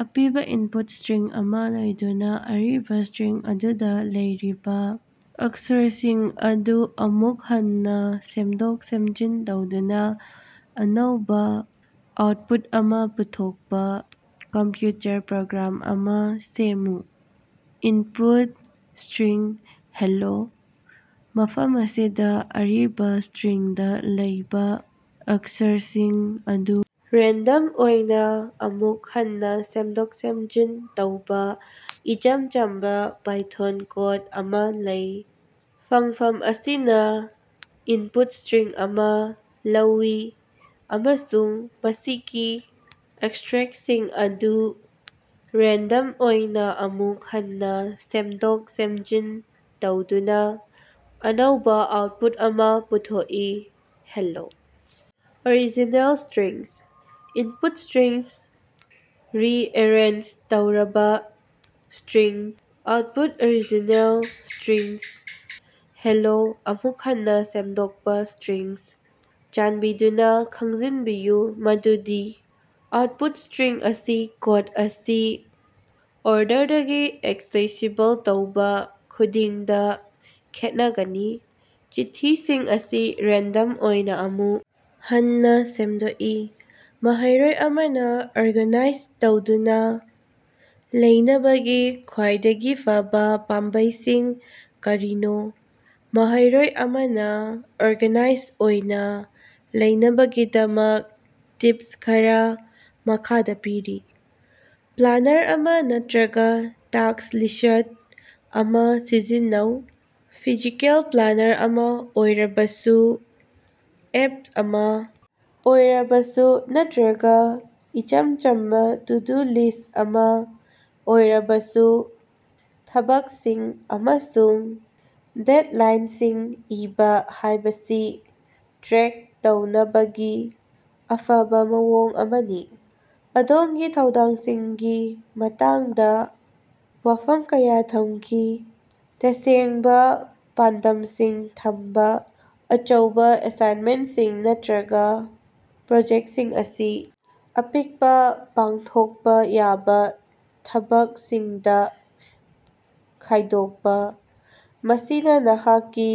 ꯑꯄꯤꯕ input string ꯑꯃ ꯂꯩꯗꯨꯅ ꯑꯔꯤꯕ ꯁ꯭ꯇꯔꯤꯡ ꯑꯗꯨꯗ ꯂꯩꯔꯤꯕ ꯑꯛꯁꯔꯁꯤꯡ ꯑꯗꯨ ꯑꯃꯨꯛ ꯍꯟꯅ ꯁꯦꯝꯗꯣꯛ-ꯁꯦꯝꯖꯤꯟ ꯇꯧꯗꯨꯅ ꯑꯅꯧꯕ ꯑꯥꯎꯠꯄꯨꯠ ꯑꯃ ꯄꯨꯊꯣꯛꯄ ꯀꯝꯄ꯭ꯌꯨꯇꯔ ꯄ꯭ꯔꯣꯒ꯭ꯔꯥꯝ ꯑꯃꯥ ꯁꯦꯝꯃꯨ꯫ Input string: hello. ꯃꯐꯝ ꯑꯁꯤꯗ ꯑꯔꯤꯕ ꯁ꯭ꯇꯔꯤꯡꯗ ꯂꯩꯕ ꯑꯛꯁꯔꯁꯤꯡ ꯑꯗꯨ ꯔꯦꯟꯗꯝ ꯑꯣꯏꯅ ꯑꯃꯨꯛ ꯍꯟꯅ ꯁꯦꯝꯗꯣꯛ-ꯁꯦꯝꯖꯤꯟ ꯇꯧꯕ ꯏꯆꯝ ꯆꯝꯕ ꯄꯥꯏꯊꯣꯟ ꯀꯣꯗ ꯑꯃꯥ ꯂꯩ, ꯐꯪꯐꯝ ꯑꯁꯤꯅ ꯏꯟꯄꯨꯠ ꯁ꯭ꯇꯔꯤꯡ ꯑꯃ ꯂꯧꯏ ꯑꯃꯁꯨꯡ ꯃꯁꯤꯒꯤ ꯑꯛꯁꯔꯁꯤꯡ ꯑꯗꯨ ꯔꯦꯟꯗꯝ ꯑꯣꯏꯅ ꯑꯃꯨꯛ ꯍꯟꯅ ꯁꯦꯝꯗꯣꯛ-ꯁꯦꯝꯖꯤꯟ ꯇꯧꯗꯨꯅ ꯑꯅꯧꯕ ꯑꯥꯎꯠꯄꯨꯠ ꯑꯃ ꯄꯨꯊꯣꯛꯏ꯫ Hello original string: input string rearrange ꯇꯧꯔꯕ string: output: original string: hello ꯑꯃꯨꯛ ꯍꯟꯅ ꯁꯦꯝꯗꯣꯛꯄ ꯁ꯭ꯇꯔꯤꯡ: ꯆꯥꯟꯕꯤꯗꯨꯅ ꯈꯪꯖꯤꯟꯕꯤꯌꯨ ꯃꯗꯨꯗꯤ ꯑꯥꯎꯠꯄꯨꯠ ꯁ꯭ꯇꯔꯤꯡ ꯑꯁꯤ ꯀꯣꯗ ꯑꯁꯤ ꯑꯣꯔꯗꯔꯗꯒꯤ ꯑꯦꯛꯁꯦꯁꯤꯕꯜ ꯇꯧꯕ ꯈꯨꯗꯤꯡꯗ ꯈꯦꯠꯅꯒꯅꯤ꯫ ꯆꯤꯊꯤꯁꯤꯡ ꯑꯁꯤ ꯔꯦꯟꯗꯝ ꯑꯣꯏꯅ ꯑꯃꯨꯛ ꯍꯟꯅ ꯁꯦꯝꯗꯣꯛꯏ꯫ ꯃꯍꯩꯔꯣꯏ ꯑꯃꯅ ꯑꯣꯔꯒꯥꯅꯥꯏꯖ ꯇꯧꯗꯨꯅ ꯂꯩꯅꯕꯒꯤ ꯈ꯭ꯋꯥꯏꯗꯒꯤ ꯐꯕ ꯄꯥꯝꯕꯩꯁꯤꯡ ꯀꯔꯤꯅꯣ ꯃꯍꯩꯔꯣꯏ ꯑꯃꯅ ꯑꯣꯔꯒꯥꯅꯥꯏꯖ ꯑꯣꯏꯅ ꯂꯩꯅꯕꯒꯤꯗꯃꯛ ꯇꯤꯞꯁ ꯈꯔ ꯃꯈꯥꯗ ꯄꯤꯔꯤ: ꯄ꯭ꯂꯥꯅꯔ ꯑꯃ ꯅꯠꯇ꯭ꯔꯒ ꯇꯥꯁ꯭ꯛ ꯂꯤꯁ꯭ꯠ ꯑꯃꯥ ꯁꯤꯖꯤꯟꯅꯧ: ꯐꯤꯖꯤꯀꯦꯜ ꯄ꯭ꯂꯥꯅꯔ ꯑꯃꯥ ꯑꯣꯏꯔꯕꯁꯨ, ꯑꯦꯞ ꯑꯃꯥ ꯑꯣꯏꯔꯕꯁꯨ ꯅꯠꯇꯔꯒ ꯏꯆꯝ ꯆꯝꯕ ꯇꯨ ꯗꯨ ꯂꯤꯁ꯭ꯠ ꯑꯃ ꯑꯣꯏꯔꯕꯁꯨ, ꯊꯕꯛꯁꯤꯡ ꯑꯃꯁꯨꯡ ꯗꯦꯗꯂꯥꯏꯟꯁꯤꯡ ꯏꯕ ꯍꯥꯏꯕꯁꯤ ꯇ꯭ꯔꯦꯛ ꯇꯧꯅꯕꯒꯤ ꯑꯐꯕ ꯃꯑꯣꯡ ꯑꯃꯅꯤ꯫ ꯑꯗꯣꯝꯒꯤ ꯊꯧꯗꯥꯡꯁꯤꯡꯒꯤ ꯃꯇꯥꯡꯗ ꯋꯥꯐꯝ ꯀꯌꯥ ꯊꯝꯈꯤ꯫ ꯇꯁꯦꯡꯕ ꯄꯥꯟꯗꯝꯁꯤꯡ ꯊꯝꯕ: ꯑꯆꯧꯕ ꯑꯦꯁꯥꯏꯟꯃꯦꯟꯁꯤꯡ ꯅꯠꯇꯔꯒ ꯄ꯭ꯔꯣꯖꯦꯛꯁꯤꯡ ꯑꯁꯤ ꯑꯄꯤꯛꯄ, ꯄꯥꯡꯊꯣꯛꯄ ꯌꯥꯕ ꯊꯕꯛꯁꯤꯡꯗ ꯈꯥꯏꯗꯣꯛꯄ꯫ ꯃꯁꯤꯅ ꯅꯍꯥꯛꯀꯤ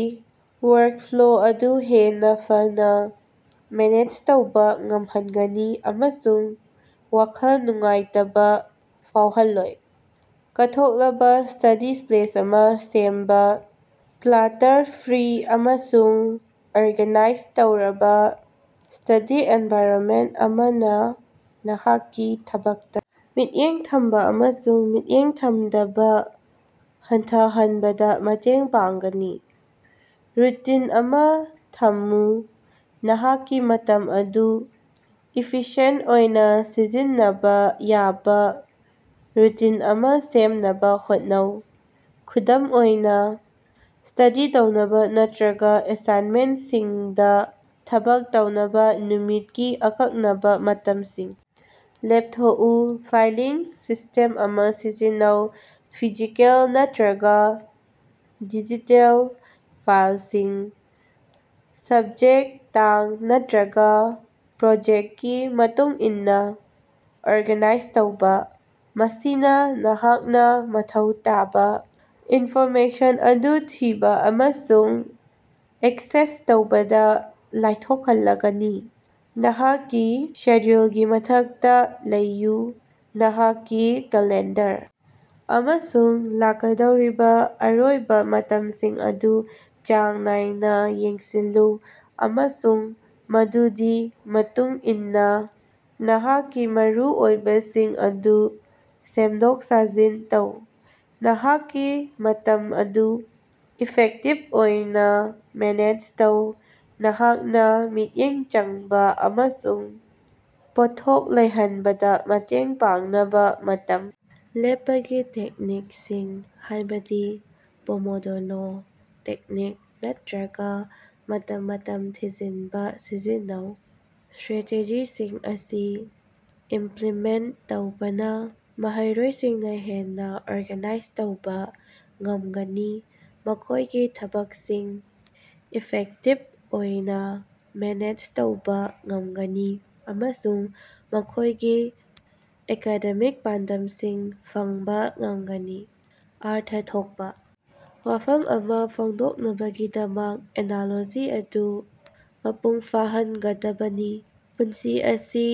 ꯋꯥꯔꯛꯐ꯭ꯂꯣ ꯑꯗꯨ ꯍꯦꯟꯅ ꯐꯅ ꯃꯦꯅꯦꯖ ꯇꯧꯕ ꯉꯝꯍꯟꯒꯅꯤ ꯑꯃꯁꯨꯡ ꯋꯥꯈꯜ ꯅꯨꯡꯉꯥꯏꯇꯕ ꯐꯥꯎꯍꯜꯂꯣꯏ꯫ ꯀꯠꯊꯣꯛꯂꯕ ꯁ꯭ꯇꯗꯤ ꯁ꯭ꯄꯦꯁ ꯑꯃ ꯁꯦꯝꯕ: ꯀ꯭ꯂꯥꯇꯔ ꯐ꯭ꯔꯤ ꯑꯃꯁꯨꯡ ꯑꯣꯔꯒꯥꯅꯥꯏꯖ ꯇꯧꯔꯕ ꯁ꯭ꯇꯗꯤ ꯑꯦꯟꯚꯥꯏꯔꯟꯃꯦꯟ ꯑꯃꯅ ꯅꯍꯥꯛꯀꯤ ꯊꯕꯛꯇ ꯃꯤꯠꯌꯦꯡ ꯊꯝꯕ ꯑꯃꯁꯨꯡ ꯃꯤꯠꯌꯦꯡ ꯊꯝꯗꯕ ꯍꯟꯊꯍꯟꯕꯗ ꯃꯇꯦꯡ ꯄꯥꯡꯒꯅꯤ꯫ ꯔꯨꯇꯤꯟ ꯑꯃꯥ ꯊꯝꯃꯨ: ꯅꯍꯥꯛꯀꯤ ꯃꯇꯝ ꯑꯗꯨ ꯏꯐꯤꯁꯤꯑꯦꯟꯠ ꯑꯣꯏꯅ ꯁꯤꯖꯤꯟꯅꯕ ꯌꯥꯕ ꯔꯨꯇꯤꯟ ꯑꯃ ꯁꯦꯝꯅꯕ ꯍꯣꯠꯅꯧ꯫ ꯈꯨꯗꯝ ꯑꯣꯏꯅ, ꯁ꯭ꯇꯗꯤ ꯇꯧꯅꯕ ꯅꯠꯇꯔꯒ ꯑꯦꯁꯥꯏꯟꯃꯦꯟꯁꯤꯡꯗ ꯊꯕꯛ ꯇꯧꯅꯕ ꯅꯨꯃꯤꯠꯀꯤ ꯑꯀꯛꯅꯕ ꯃꯇꯝꯁꯤꯡ ꯂꯦꯞꯊꯣꯛꯎ꯫ ꯐꯥꯏꯂꯤꯡ ꯁꯤꯁ꯭ꯇꯦꯝ ꯑꯃ ꯁꯤꯖꯤꯟꯅꯧ: ꯐꯤꯖꯤꯀꯦꯜ ꯅꯠꯇꯔꯒ ꯗꯤꯖꯤꯇꯦꯜ ꯐꯥꯏꯜꯁꯤꯡ ꯁꯕꯖꯦꯛ, ꯇꯥꯡ ꯅꯠꯇꯔꯒ ꯄ꯭ꯔꯣꯖꯦꯛꯀꯤ ꯃꯇꯨꯡꯏꯟꯅ ꯑꯣꯔꯒꯥꯅꯥꯏꯖ ꯇꯧꯕ꯫ ꯃꯁꯤꯅ ꯅꯍꯥꯛꯅ ꯃꯊꯧ ꯇꯥꯕ ꯏꯟꯐꯣꯔꯃꯦꯁꯟ ꯑꯗꯨ ꯊꯤꯕ ꯑꯃꯁꯨꯡ ꯑꯦꯛꯁꯦꯁ ꯇꯧꯕꯗ ꯂꯥꯏꯊꯣꯛꯍꯜꯂꯒꯅꯤ꯫ ꯅꯍꯥꯛꯀꯤ ꯁꯦꯗ꯭ꯌꯨꯜꯒꯤ ꯃꯊꯛꯇ ꯂꯩꯌꯨ: ꯅꯍꯥꯛꯀꯤ ꯀꯦꯂꯦꯟꯗꯔ ꯑꯃꯁꯨꯡ ꯂꯥꯛꯀꯗꯧꯔꯤꯕ ꯑꯔꯣꯏꯕ ꯃꯇꯝꯁꯤꯡ ꯑꯗꯨ ꯆꯥꯡ ꯅꯥꯏꯅ ꯌꯦꯡꯁꯤꯜꯂꯨ, ꯑꯃꯁꯨꯡ ꯃꯗꯨꯗꯤ ꯃꯇꯨꯡ ꯏꯟꯅ ꯅꯍꯥꯛꯀꯤ ꯃꯔꯨꯑꯣꯏꯕꯁꯤꯡ ꯑꯗꯨ ꯁꯦꯝꯗꯣꯛ-ꯁꯦꯝꯖꯤꯟ ꯇꯧ꯫ ꯅꯍꯥꯛꯀꯤ ꯃꯇꯝ ꯑꯗꯨ ꯏꯐꯦꯛꯇꯤꯚ ꯑꯣꯏꯅ ꯃꯦꯅꯦꯖ ꯇꯧ: ꯅꯍꯥꯛꯅ ꯃꯤꯠꯌꯦꯡ ꯆꯪꯕ ꯑꯃꯁꯨꯡ ꯄꯣꯠꯊꯣꯛ ꯂꯩꯍꯟꯕꯗ ꯃꯇꯦꯡ ꯄꯥꯡꯅꯕ ꯃꯇꯝ ꯂꯦꯞꯄꯒꯤ ꯇꯦꯛꯅꯤꯛꯁꯤꯡ, ꯍꯥꯏꯕꯗꯤ ꯄꯣꯃꯣꯗꯣꯔꯣ ꯇꯦꯛꯅꯤꯛ ꯅꯠꯇꯔꯒ ꯃꯇꯝ-ꯃꯇꯝ ꯊꯤꯡꯖꯤꯟꯕ ꯁꯤꯖꯤꯟꯅꯧ꯫ ꯁ꯭ꯇꯔꯥꯇꯦꯖꯤꯁꯤꯡ ꯑꯁꯤ ꯏꯝꯄꯂꯤꯃꯦꯟꯠ ꯇꯧꯕꯅ ꯃꯍꯩꯔꯣꯏꯁꯤꯡꯅ ꯍꯦꯟꯅ ꯑꯣꯔꯒꯥꯅꯥꯏꯖ ꯇꯧꯕ ꯉꯝꯒꯅꯤ, ꯃꯈꯣꯏꯒꯤ ꯊꯕꯛꯁꯤꯡ ꯏꯐꯦꯛꯇꯤꯕ ꯑꯣꯏꯅ ꯃꯦꯅꯦꯖ ꯇꯧꯕ ꯉꯝꯒꯅꯤ ꯑꯃꯁꯨꯡ ꯃꯈꯣꯏꯒꯤ ꯑꯦꯀꯥꯗꯦꯃꯤꯛ ꯄꯥꯟꯗꯝꯁꯤꯡ ꯐꯪꯕ ꯉꯝꯒꯅꯤ꯫ ꯑꯔꯊ ꯊꯣꯛꯄꯥ ꯋꯥꯐꯝ ꯑꯃꯥ ꯐꯣꯡꯗꯣꯛꯅꯕꯒꯤꯗꯃꯛ ꯑꯦꯅꯥꯂꯣꯖꯤ ꯑꯗꯨ ꯃꯄꯨꯡ ꯐꯥꯍꯟꯒꯗꯕꯅꯤ꯫ ꯄꯨꯟꯁꯤ ꯑꯁꯤ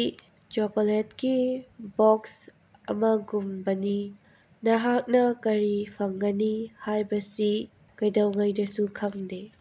ꯆꯣꯀꯣꯂꯦꯠꯀꯤ ꯕꯣꯛꯁ ꯑꯃꯒꯨꯝꯕꯅꯤ, ꯅꯍꯥꯛꯅꯥ ꯀꯔꯤ ꯐꯪꯒꯅꯤ ꯍꯥꯏꯕꯁꯤ ꯀꯩꯗꯧꯉꯩꯗꯁꯨ ꯈꯪꯗꯦ꯫